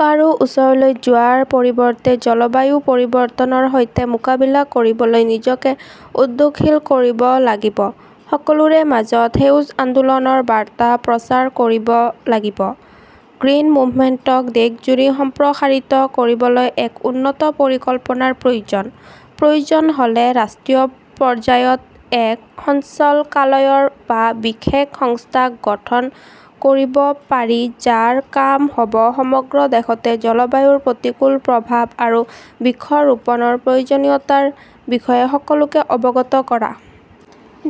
কাৰো ওচৰলৈ যোৱাৰ পৰিৱৰ্তে জলবায়ু পৰিৱৰ্তনৰ সৈতে মোকাবিলা কৰিবলৈ নিজকে উদ্যোগশীল কৰিব লাগিব। সকলোৰে মাজত সেউজ আন্দোলনৰ বাৰ্তা প্ৰচাৰ কৰিব লাগিব। গ্ৰীণ মুভমেণ্টক দেশজুৰি সম্প্ৰসাৰিত কৰিবলৈ এক উন্নত পৰিকল্পনাৰ প্ৰয়োজন। প্ৰয়োজন হ'লে ৰাষ্ট্ৰীয় পৰ্যায়ত এক সঞ্চালকালয় বা বিশেষ সংস্থা গঠন কৰিব পাৰি যাৰ কাম হ'ব সমগ্ৰ দেশতে জলবায়ুৰ প্ৰতিকূল প্ৰভাৱ আৰু বৃক্ষৰোপণৰ প্ৰয়োজনীয়তাৰ বিষয়ে সকলোকে অৱগত কৰা।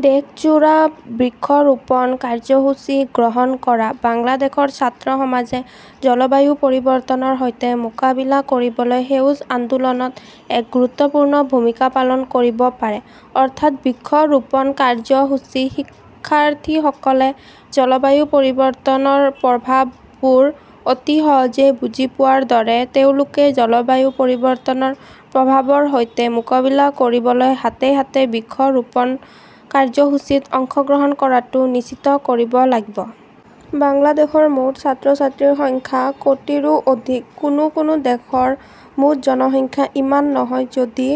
দেশজোৰা বৃক্ষ ৰোপণ কাৰ্যসূচী গ্ৰহণ কৰা। বাংলাদেশৰ ছাত্ৰ সমাজে জলবায়ু পৰিৱৰ্তনৰ সৈতে মোকাবিলা কৰিবলৈ সেউজ আন্দোলনত এক গুৰুত্বপূৰ্ণ ভূমিকা পালন কৰিব পাৰে, অৰ্থাৎ বৃক্ষৰোপণ কাৰ্যসূচী। শিক্ষাৰ্থীসকলে জলবায়ু পৰিৱৰ্তনৰ প্ৰভাৱবোৰ অতি সহজে বুজি পোৱাৰ দৰে তেওঁলোকে জলবায়ু পৰিৱৰ্তনৰ প্ৰভাৱৰ সৈতে মোকাবিলা কৰিবলৈ হাতে হাতে বৃক্ষৰোপণ কাৰ্যসূচীত অংশগ্ৰহণ কৰাটো নিশ্চিত কৰিব লাগিব। বাংলাদেশৰ মুঠ ছাত্ৰ-ছাত্ৰীৰ সংখ্যা কোটিৰো অধিক, কোনো কোনো দেশৰ মুঠ জনসংখ্যা ইমান নহয়, যদি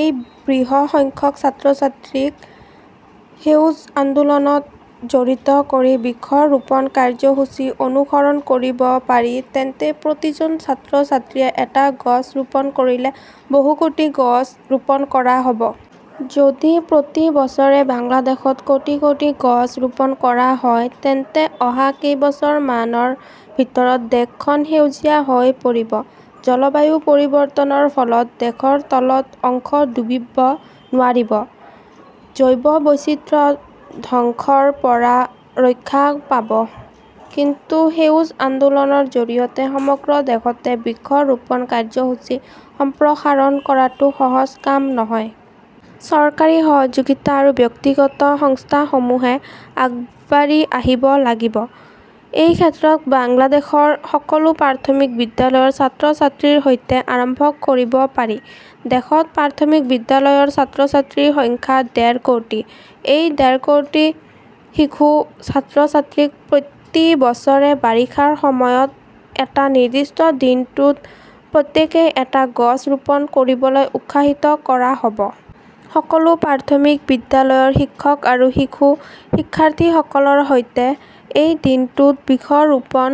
এই বৃহৎ সংখ্যক ছাত্ৰ-ছাত্ৰীক সেউজ আন্দোলনত জড়িত কৰি বৃক্ষৰোপণ কাৰ্যসূচী অনুসৰণ কৰিব পাৰি তেন্তে প্ৰতিজন ছাত্ৰ-ছাত্ৰীয়ে এটা গছ ৰোপণ কৰিলে বহু কোটি গছ ৰোপণ কৰা হ'ব। যদি প্ৰতি বছৰে বাংলাদেশত কোটি কোটি গছ ৰোপণ কৰা হয়, তেন্তে অহা কেইবছৰমানৰ ভিতৰত দেশখন সেউজীয়া হৈ পৰিব। জলবায়ু পৰিৱৰ্তনৰ ফলত দেশৰ তলৰ অংশ ডুবিব নোৱাৰিব। জৈৱ বৈচিত্ৰ্য ধ্বংসৰ পৰা ৰক্ষা পাব। কিন্তু সেউজ আন্দোলনৰ জৰিয়তে সমগ্ৰ দেশতে বৃক্ষৰোপণ কাৰ্যসূচী সম্প্ৰসাৰণ কৰাটো সহজ কাম নহয়। চৰকাৰী সহযোগিতা আৰু ব্যক্তিগত সংস্থাসমূহে আগবাঢ়ি আহিব লাগিব। এই ক্ষেত্ৰত বাংলাদেশৰ সকলো প্ৰাথমিক বিদ্যালয়ৰ ছাত্ৰ-ছাত্ৰীৰ সৈতে আৰম্ভ কৰিব পাৰি। দেশত প্ৰাথমিক বিদ্যালয়ৰ ছাত্ৰ-ছাত্ৰীৰ সংখ্যা ডেৰ কোটি। এই ডেৰ কোটি শিশু ছাত্ৰ-ছাত্ৰীক প্ৰতি বছৰে বাৰিষাৰ সময়ত এটা নিৰ্দিষ্ট দিনটোত প্ৰত্যেকেই এটা গছ ৰোপণ কৰিবলৈ উৎসাহিত কৰা হ'ব। সকলো প্ৰাথমিক বিদ্যালয়ৰ শিক্ষক আৰু শিশু শিক্ষাৰ্থীসকলৰ সৈতে এই দিনটোত বৃক্ষৰোপণ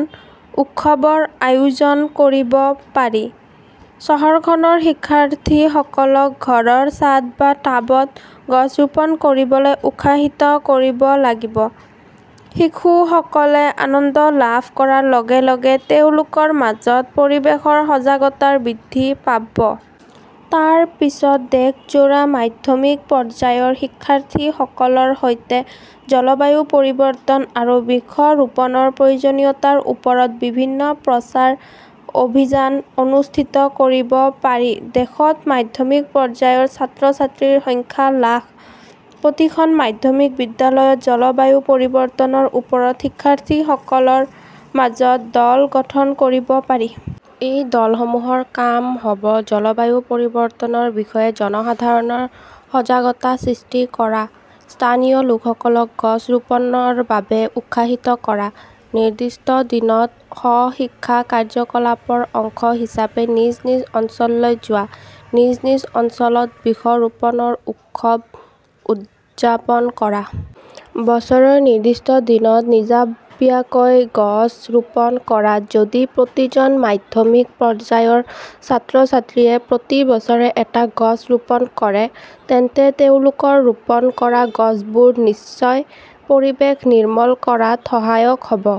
উৎসৱৰ আয়োজন কৰিব পাৰি। চহৰখনৰ শিক্ষাৰ্থীসকলক ঘৰৰ ছাদ বা টাবত গছ ৰোপণ কৰিবলৈ উৎসাহিত কৰিব লাগিব। শিশুসকলে আনন্দ লাভ কৰাৰ লগে লগে তেওঁলোকৰ মাজত পৰিৱেশৰ সজাগতা বৃদ্ধি পাব। তাৰ পিছত দেশজোৰা মাধ্যমিক পৰ্যায়ৰ শিক্ষাৰ্থীসকলৰ সৈতে জলবায়ু পৰিৱৰ্তন আৰু বৃক্ষৰোপণৰ প্ৰয়োজনীয়তাৰ ওপৰত বিভিন্ন প্ৰচাৰ অভিযান অনুষ্ঠিত কৰিব পাৰি। দেশত মাধ্যমিক পৰ্যায়ৰ ছাত্ৰ-ছাত্ৰীৰ সংখ্যা লাখ। প্ৰতিখন মাধ্যমিক বিদ্যালয়ত জলবায়ু পৰিৱৰ্তনৰ ওপৰত শিক্ষাৰ্থীসকলৰ মাজত দল গঠন কৰিব পাৰি। এই দলসমূহৰ কাম হ'ব জলবায়ু পৰিৱৰ্তনৰ বিষয়ে জনসাধাৰণৰ সজাগতা সৃষ্টি কৰা, স্থানীয় লোকসকলক গছ ৰোপণৰ বাবে উৎসাহিত কৰা, নিৰ্দিষ্ট দিনত সহ-শিক্ষা কাৰ্যকলাপৰ অংশ হিচাপে নিজ নিজ অঞ্চললৈ যোৱা। নিজ নিজ অঞ্চলত বৃক্ষৰোপণ উৎসৱ উদযাপন কৰা। বছৰৰ নিৰ্দিষ্ট দিনত নিজাববীয়াকৈ গছ ৰোপণ কৰা। যদি প্ৰতিজন মাধ্যমিক পৰ্যায়ৰ ছাত্ৰ-ছাত্ৰীয়ে প্ৰতি বছৰে এটা গছ ৰোপণ কৰে, তেন্তে তেওঁলোকৰ ৰোপণ কৰা গছবোৰ নিশ্চয় পৰিবেশ নিৰ্মল কৰাত সহায়ক হ'ব।